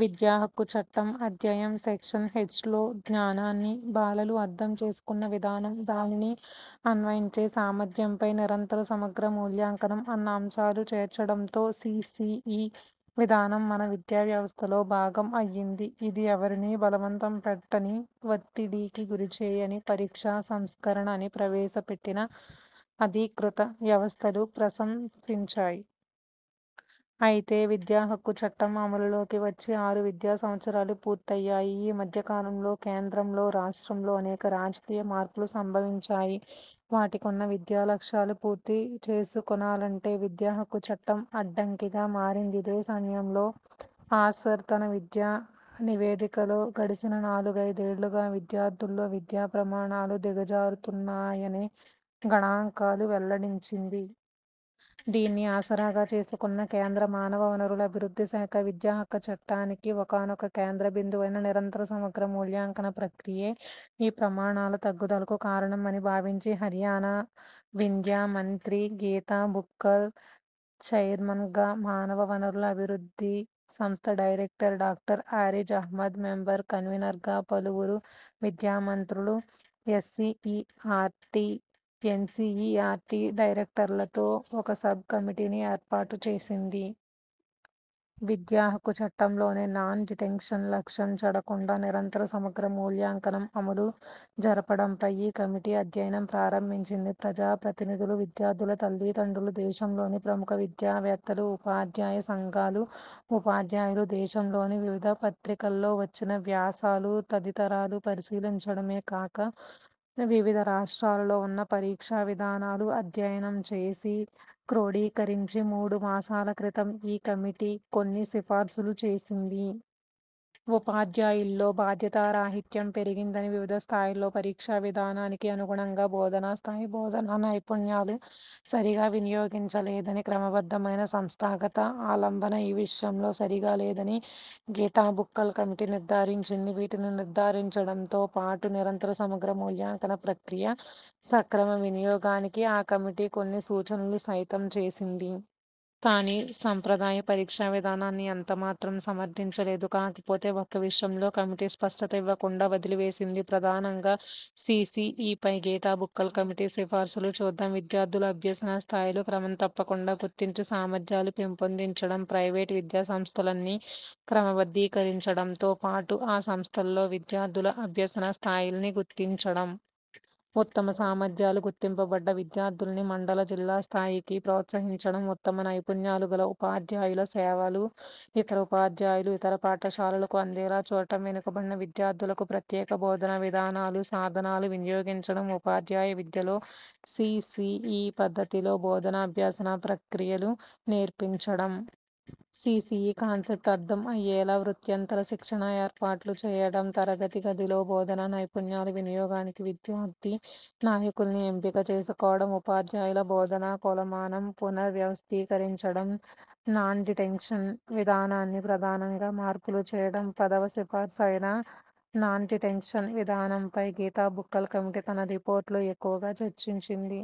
విద్యాహక్కు చట్టం – అధ్యాయం- సెక్షన్ హెచ్లో' జ్ఞానాన్ని బాలలు అర్థం చేసుకున్న విధానం, దానిని అన్వయించే సామర్థ్యంపై 'నిరంతర సమగ్ర మూల్యాంకనం' అన్న అంశాలు చేర్చడంతో సీసీఈ విధానం మన విద్యావ్యవస్థలో భాగం అయ్యింది. ఇది ఎవరినీ బలంవంత పెట్టని, వత్తిడికి గురిచేయని పరీక్షా సంస్కరణ అని ప్రవేశపెట్టిన అధీకృత వ్యవస్థలు ప్రశంసించాయి. అయితే విద్యాహక్కు చట్టం – అమలులోకి వచ్చి ఆరు విద్యా సంవత్సరాలు పూర్తయ్యాయి. ఈ మధ్య కాలంలో కేంద్రంలో, రాష్ట్రంలో అనేక రాజకీయ మార్పులు సంభవించాయి. వాటికున్న విద్యా లక్ష్యాలు పూర్తి చేసుకొనాలంటే 'విద్యాహక్కు చట్టం' అడ్డంకిగా మారింది. ఇదే సమయంలో 'ఆసర్' తన విద్యా నివేదికలో గడచిన నాలుగైదేళ్ళుగా విద్యార్థుల్లో విద్యా ప్రమాణాలు దిగజారుతున్నాయనే గణాంకాలు వెల్లడించింది. దీన్ని ఆసరాగా చేసుకున్న కేంద్ర మానవ వనరుల అభివృద్ధి శాఖ 'విద్యాహక్కు చట్టానికి' ఒకానొక కేంద్ర బిందువైన నిరంతర సమగ్ర మూల్యాంకన ప్రక్రియే ఈ ప్రమాణాల తగ్గుదలకు కారణం అని భావించి, హర్యానా విద్యా మంత్రి గీతా బుక్కల్ చైర్మన్గా, మానవ వనరుల అభివృద్ధి సంస్థ director doctor Areej Ahmed member కన్వీనర్గా పలువురు విద్యా మంత్రులు, ఎస్సీఈఆర్టీ, ఎన్సీఈఆర్టీ డైరెక్టర్లతో ఒక సబ్ కమిటీని ఏర్పాటు చేసింది. విద్యాహక్కు చట్టంలోని 'నాన్ డిటెన్షన్' లక్ష్యం చెడకుండా 'నిరంతర సమగ్ర మూల్యాంకనం' అమలు జరపడంపై ఈ కమిటీ అధ్యయనం ప్రారంభించింది. ప్రజాప్రతినిధులు విద్యార్థుల తల్లిదండ్రులు దేశంలోని ప్రముఖ విద్యావేత్తలు, ఉపాధ్యాయ సంఘాలు, ఉపాధ్యాయలు, దేశంలోని వివిధ పత్రికల్లో వచ్చిన వ్యాసాలు తదితరాలు పరిశీలించడమే కాక వివిధ రాష్ట్రాలలో ఉన్న పరీక్షా విధానాలు అధ్యయనం చేసి క్రోడీకరించి మూడు మాసాల క్రితం ఈ కమిటీ కొన్ని సిఫార్సులు చేసింది. ఉపాధ్యాయుల్లో బాధ్యతారాహిత్యం పెరిగిందని వివిధ స్థాయిలలో పరీక్షా విధానానికి అనుగుణంగా బోధనాస్థాయి, బోధనా నైపుణ్యాలు సరిగా వినియోగించలేదని, క్రమబద్ధమైన సంస్థాగత ఆలంబన ఈ విషయంలో సరిగా లేదని గీతాబుక్కల్ కమిటీ నిర్థారించింది. వీటిని నిర్థారించడంతో పాటు 'నిరంతర సమగ్ర మూల్యాంకన' ప్రక్రియ సక్రమ వినియోగానికి ఆ కమిటీ కొన్ని సూచనలు సైతం చేసింది. కానీ సంప్రదాయ పరీక్షా విధానాన్ని ఎంతమాత్రం సమర్థించలేదు. కాకపోతే ఒక్క విషయంలో కమిటీ స్పష్టత ఇవ్వకుండా వదిలివేసింది. ప్రధానంగా సీసీఈపై గీతా బుక్కల్ కమిటీ సిఫార్సులు చూద్దాం. విద్యార్థుల అభ్యసన స్థాయిలు క్రమం తప్పకుండా గుర్తించి సామర్థ్యాలు పెంపొందించడం. ప్రైవేటు విద్యాసంస్థల్ని క్రమబద్ధీకరించడంతో పాటు ఆ సంస్థల్లోని విద్యార్థుల అభ్యసన స్థాయిల్ని గుర్తించడం. ఉత్తమ సామర్థ్యాలు గుర్తింపబడ్డ విద్యార్థుల్ని మండల, జిల్లా స్థాయికి ప్రోత్సహించడం. ఉత్తమ నైపుణ్యాలు గల ఉపాధ్యాయుల సేవలు ఇతర ఉపాధ్యాయులు, ఇతర పాఠశాలలకు అందేలా చూడటం. వెనుకబడిన విద్యార్థులకు ప్రత్యేక బోధనా విధానాలు, సాధనాలు వినియోగించడం. ఉపాధ్యాయ విద్యలో సీసీఈ పద్ధతిలో బోధనాభ్యసన ప్రక్రియలు నేర్పించడం. సీసీఈ కాన్సెప్ట్ అర్థం అయ్యేలా వృత్యంతర శిక్షణ ఏర్పాట్లు చేయడం. తరగతి గదిలో బోధనా నైపుణ్యాలు వినియోగానికి విద్యార్థి నాయకుల్ని ఎంపిక చేసుకోవడం. ఉపాధ్యాయుల బోధనా కొలమానం పునర్ వ్యవస్థీకరించడం. 'నాన్డిటెన్షన్' విధానంలో ప్రధానంగా మార్పులు చేయడం. పదవ సిఫార్సు అయిన 'నాన్డిటెన్షన్' విధానంపై గీతా బుక్కల్ కమిటీ తన రిపోర్టులో ఎక్కువగా చర్చించింది.